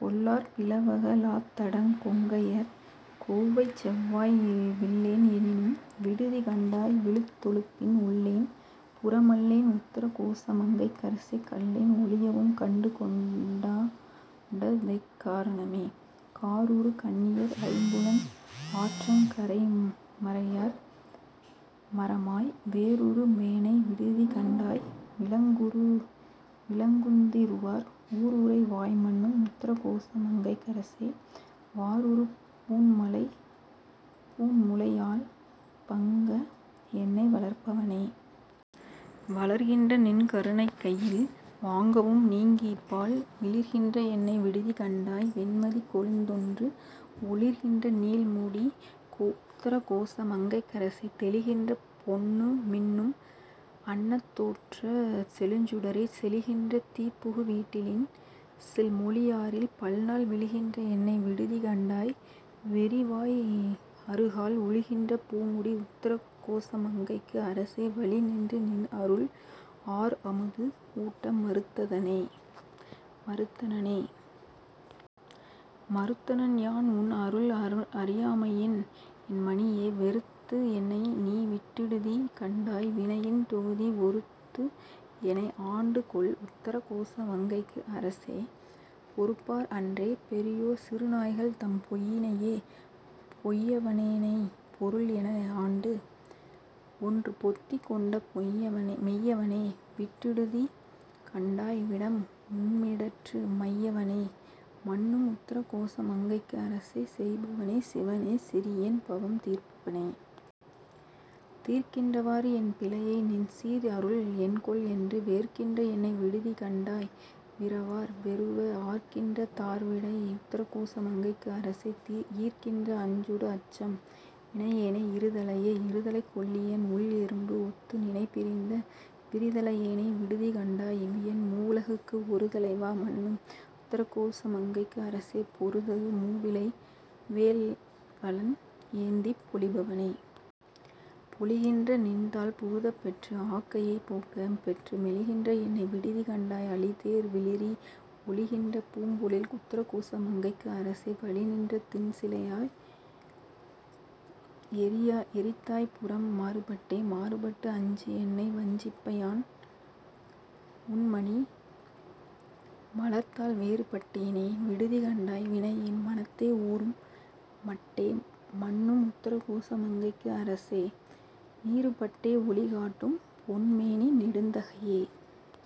கொள்ளார் பிளவக லாத்தடங் கொங்கையர் கொவ்வைச்செவ்வாய் விள்ளேன் எனினும் விடுதிகண்டாய் விழுத்தொழுப்பின் உள்ளேன் புறமல்லேன் உத்தர கோசமங் கைக்கரசே கள்ளேன் ஒழியவும் கண்டுகொண்டாண்டதெக் காரணமே. காருறு கண்ணியர் ஐம்புலன் ஆற்றங் கரைமரமாய் வேருறு வேனை விடுதிகண்டாய் விளங்குந்திருவார் ஊருறை வாய்மன்னும் உத்தரகோசமங்கைக் கரசே வாருறு பூண்முலை யாள்பங்க என்னை வளர்ப்பவனே. வளர்கின்ற நின்கருணைக்கையில் வாங்கவும் நீங்கியிப்பால் மிளிர்கின்ற என்னை விடுதிகண்டாய் வெண்மதிக்கொழுந்தொன்று ஒளிர்கின்ற நீள்முடி உத்தரகோசமங்கைக்கரசே தெளிகின்ற பொன்னுமின் னும் அன்னதோற்றச் செழுஞ்சுடரே. செழிகின்ற தீப்புகு விட்டிலின் சில் மொழியாரில் பல்நாள் விழுகின்ற என்னை விடுதி கண்டாய் வெறி வாய் அறுகால் உழுகின்ற பூமுடி உத்தரகோசமங்கைக்கு அரசே வழிநின்று நின் அருள் ஆர் அமுது ஊட்ட மறுத்தனனே. மறுத்தனன் யான் உன் அருள் அறியாமையின் என் மணியே வெறுத்து எனை நீ விட்டிடுதி கண்டாய் வினையின் தொகுதி ஒறுத்து எனை ஆண்டுகொள் உத்தர கோச மங்கைக்கு அரசே பொறுப்பார் அன்றே பெரியோர் சிறுநாய்கள் தம் பொய்யினையே. பொய்யவனேனைப் பொருள் என ஆண்டு ஒன்று பொத்திக் கொண்ட மெய்யவனே விட்டிடுதி கண்டாய் விடம் உண்மிடற்று மையவனே மன்னும் உத்தரகோச மங்கைக்கு அரசே செய்யவனே சிவனே சிறியேன் பவம் தீர்ப்பவனே. தீர்க்கின்றவாறு என் பிழையை நின்சீர் அருள் என்கொல்என்று வேர்க்கின்ற என்னை விடுதி கண்டாய் விரவார் வெருவ ஆர்க்கின்ற தார்விடை உத்தரகோச மங்கைக்கு அரசே ஈர்க்கின்ற அஞ்சொடு அச்சம் வினையேனை இருதலையே. இருதலைக்கொள்ளியன் உள்எறும்பு ஒத்து நினைப்பிரிந்த விரிதலையேனை விடுதி கண்டாய் வியன் மூவுலகுக்கு ஒருதலைவா மன்னும் உத்தரகோச மங்கைக்கு அரசே பொருதரு மூவிலைவேல் வலன் ஏந்திப் பொலிபவனே. பொலிகின்ற நின்தாள் புகுதப் பெற்று ஆக்கையைப் போக்கப் பெற்று மெலிகின்ற என்னை விடுதி கண்டாய் அளிதேர் விளிரி ஒலிகின்ற பூம்பொழில் உத்தரகோச மங்கைக்கு அரசே வலி நின்ற திண்சிலையால் எரித்தாய் புரம் மாறுபட்டே. மாறுபட்டு அஞ்சு என்னை வஞ்சிப்ப யான்உன்மணி மலர்த்தாள் வேறுபட்டேனை விடுதி கண்டாய் வினையேன் மனத்தே ஊறும் மட்டே மன்னும் உத்தரகோச மங்கைக்கு அரசே நீறுபட்டே ஒளி காட்டும் பொன்மேனி நெடுந்தகையே.